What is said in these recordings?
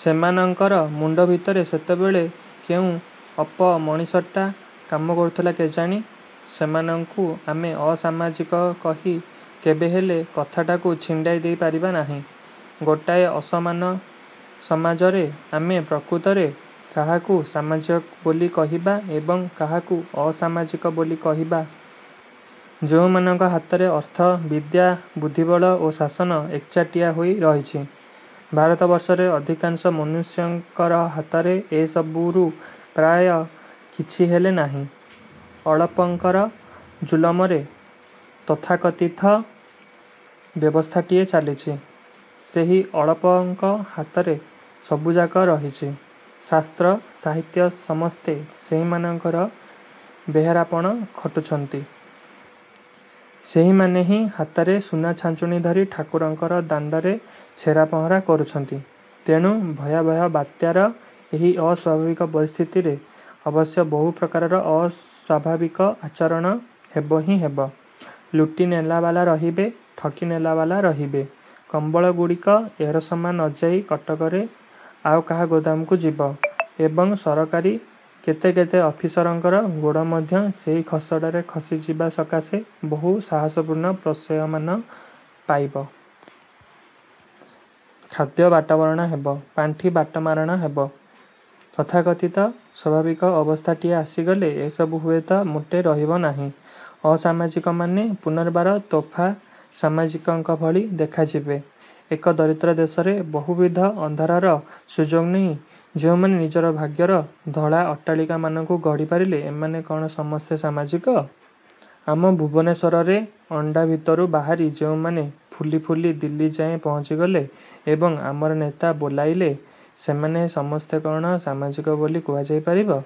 ସେମାନଙ୍କର ମୁଣ୍ଡ ଭିତରେ ସେତେବେଳେ କେଉଁ ଅପମଣିଷଟା କାମ କରୁଥିଲା କେଜାଣି? ସେମାନଙ୍କୁ ଆମେ ଅସାମାଜିକ କହି କେବେହେଲେ କଥାଟାକୁ ଛିଣ୍ଡାଇ ଦେଇ ପାରିବା ନାହିଁ। ଗୋଟାଏ ଅସମାନ ସମାଜରେ ଆମେ ପ୍ରକୃତରେ କାହାକୁ ସାମାଜିକ ବୋଲି କହିବା ଏବଂ କାହାକୁ ଅସାମାଜିକ ବୋଲି କହିବା? ଯେଉଁମାନଙ୍କ ହାତରେ ଅର୍ଥ, ବିଦ୍ୟା, ବୁଦ୍ଧିବଳ ଓ ଶାସନ ଏକଚାଟିଆ ହୋଇ ରହିଛି |ଭାରତବର୍ଷରେ ଅଧିକାଂଶ ମନୁଷ୍ୟଙ୍କର ହାତରେ ଏହିସବୁରୁ ପ୍ରାୟ କିଛିହେଲେ ନାହିଁ। ଅଳପଙ୍କର ଜୁଲମରେ ତଥାକଥିତ ବ୍ୟବସ୍ଥାଟିଏ ଚାଲିଛି। ସେହି ଅଳପଙ୍କ ହାତରେ ସବୁଯାକ ରହିଛି। ଶାସ୍ତ୍ର, ସାହିତ୍ୟ ସମସ୍ତେ ସେହିମାନଙ୍କର ବେହେରାପଣ ଖଟୁଛନ୍ତି। ସେହିମାନେ ହିଁ ହାତରେ ସୁନାଛାଞ୍ଚୁଣି ଧରି ଠାକୁରଙ୍କର ଦାଣ୍ଡରେ ଛେରାପହଁରା କରୁଛନ୍ତି। ତେଣୁ, ଭୟାବହ ବାତ୍ୟାର ଏହି ଅସ୍ୱାଭାବିକ ପରିସ୍ଥିତିରେ, ଅବଶ୍ୟ ବହୁ ପ୍ରକାରର ଅସ୍ୱାଭାବିକ ଆଚରଣ ହେବ ହିଁ ହେବ। ଲୁଟି ନେଲାବାଲା ରହିବେ, ଠକି ନେଲାବାଲା ରହିବେ, କମ୍ବଳଗୁଡ଼ିକ ଏରସମା ନଯାଇ କଟକରେ ଆଉ କାହା ଗୋଦାମକୁ ଯିବ ଏବଂ ସରକାରୀ କେତେ କେତେ ଅଫିସରଙ୍କର ଗୋଡ଼ ମଧ୍ୟ ସେହି ଖସଡ଼ାରେ ଖସି ଯିବା ସକାଶେ ବହୁ ସାହସପୂର୍ଣ୍ଣ ପ୍ରଶ୍ରୟମାନ ପାଇବ। ଖଦ୍ୟ ବାଟମାରଣା ହେବ, ପାଣ୍ଠି ବାଟମାରଣା ହେବ। ତଥାକଥିତ ସ୍ୱାଭାବିକ ଅବସ୍ଥାଟିଏ ଆସିଗଲେ ଏସବୁ ହୁଏତ ମୋଟେ ରହିବନାହିଁ। ଅସାମାଜିକମାନେ ପୁନର୍ବାର ତୋଫା ସାମାଜିକଙ୍କ ଭଳି ଦେଖାଯିବେ। ଏକ ଦରିଦ୍ର ଦେଶରେ ବହୁବିଧ ଅନ୍ଧାରର ସୁଯୋଗ ନେଇ ଯେଉଁମାନେ ନିଜ ଭାଗ୍ୟର ଧଳା ଅଟ୍ଟାଳିକାମାନଙ୍କୁ ଗଢ଼ି ପାରିଲେ, ଏମାନେ କଣ ସମସ୍ତେ ସାମାଜିକ? ଆମ ଭୁବନେଶ୍ୱରରେ ଅଣ୍ଡା ଭିତରୁ ବାହାରି ଯେଉଁମାନେ ଫୁଲି ଫୁଲି ଦିଲ୍ଲୀଯାଏ ପହଞ୍ଚିଗଲେ ଏବଂ ଆମର ନେତା ବୋଲାଇଲେ, ସେମାନେ ସମସ୍ତେ କ ଣ ସାମାଜିକ ବୋଲି କୁହାଯାଇ ପାରିବ?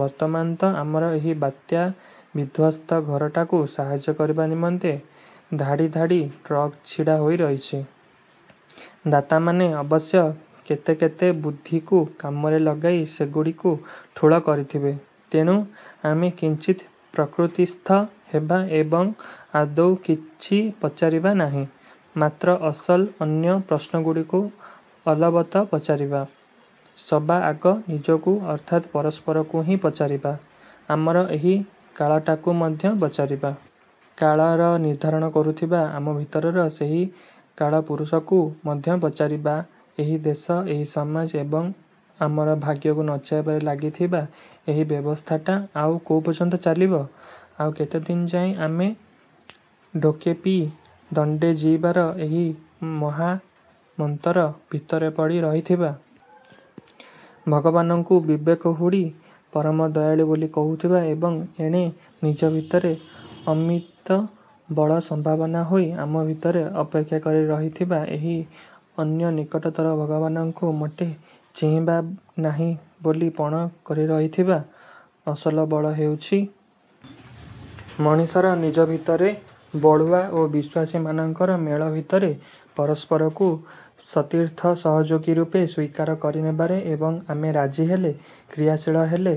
ବର୍ତ୍ତମାନ ତ ଆମର ଏହି ବାତ୍ୟାବିଧ୍ୱସ୍ତ ଘରଟାକୁ ସାହାଯ୍ୟ କରିବା ନିମନ୍ତେ, ଧାଡ଼ି ଧାଡ଼ି ଟ୍ରକ୍ ଛିଡ଼ା ହୋଇରହିଛି। ଦାତାମାନେ ଅବଶ୍ୟ କେତେକେତେ ବୁଦ୍ଧିକୁ କାମରେ ଲଗାଇ ସେଗୁଡ଼ିକୁ ଠୁଳ କରିଥିବେ। ତେଣୁ, ଆମେ କିଞ୍ଚିତ୍ ପ୍ରକୃତିସ୍ଥ ହେବା ଏବଂ ଆଦୌ କିଛି ପଚାରିବା ନାହିଁ। ମାତ୍ର, ଅସଲ ଅନ୍ୟ ପ୍ରଶ୍ନଗୁଡ଼ିକୁ ଅଲବତ ପଚାରିବା। ସବା ଆଗ ନିଜକୁ ଅର୍ଥାତ୍ ପରସ୍ପରକୁ ହିଁ ପଚାରିବା। ଆମର ଏହି କାଳଟାକୁ ମଧ୍ୟ ପଚାରିବା। କାଳର ନିର୍ଦ୍ଧାରଣ କରୁଥିବା, ଆମ ଭିତରର ସେହି କାଳପୁରୁଷକୁ ମଧ୍ୟ ପଚାରିବା ଏହି ଦେଶ, ଏହି ସମାଜ ଏବଂ ଆମର ଭାଗ୍ୟକୁ ନଚାଇବାରେ ଲାଗିଥିବା ଏହି ବ୍ୟବସ୍ଥାଟା ଆଉ କୋଉ ପର୍ଯ୍ୟନ୍ତ ଚାଲିବ? ଆଉ କେତେଦିନ ଯାଏ ଆମେ ଢୋକେ ପିଇ, ଦଣ୍ଡେ ଜୀଇବାର ଏହି ମହାମନ୍ତର ଭିତରେ ପଡ଼ି ରହିଥିବା? ଭଗବାନଙ୍କୁ ବିବେକ ହୁଡ଼ି ପରମ ଦୟାଳୁ ବୋଲି କହୁଥିବା ଏବଂ ଏଣେ ନିଜ ଭିତରେ ଅମିତ ବଳସମ୍ଭାବନା ହୋଇ ଆମ ଭିତରେ ଅପେକ୍ଷା କରି ରହିଥିବା ଏହି ଅନ୍ୟ ନିକଟତର ଭଗବାନଙ୍କୁ ମୋଟେ ଚିହିଁବା ନାହିଁ ବୋଲି ପଣ କରି ରହିଥିବା? ଅସଲ ବଳ ହେଉଛି। ମଣିଷର ନିଜ ଭିତରେ, ବଳୁଆ ଓ ବିଶ୍ୱାସୀ ମାନଙ୍କର ମେଳ ଭିତରେ, ପରସ୍ପରକୁ ସତୀର୍ଥ ସହଯୋଗୀ ରୂପେ ସ୍ୱୀକାର କରିନେବାରେ ଏବଂ ଆମେ ରାଜି ହେଲେ, କ୍ରିୟାଶୀଳ ହେଲେ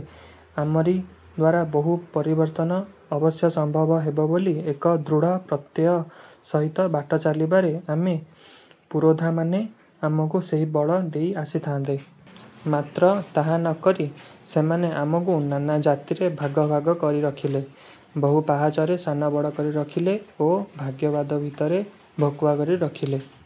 ଆମରି ଦ୍ୱାରା ବହୁ ପରିବର୍ତ୍ତନ ଅବଶ୍ୟ ସମ୍ଭବ ହେବ, ବୋଲି ଏକ ଦୃଢ଼ ପ୍ରତ୍ୟୟ ସହିତ ବାଟ ଚାଲିବାରେ, ଆମ ପୁରୋଧାମାନେ ଆମକୁ ସେହି ବଳ ଦେଇ ଆସିଥାନ୍ତେ। ମାତ୍ର, ତାହା ନକରି ସେମାନେ ଆମକୁ ନାନା ଜାତିରେ ଭାଗ ଭାଗ କରି ରଖିଲେ, ବହୁ ପାହାଚରେ ସାନବଡ଼ କରି ରଖିଲେ ଓ ଭାଗ୍ୟବାଦ ଭିତରେ ଭକୁଆ କରି ରଖିଲେ।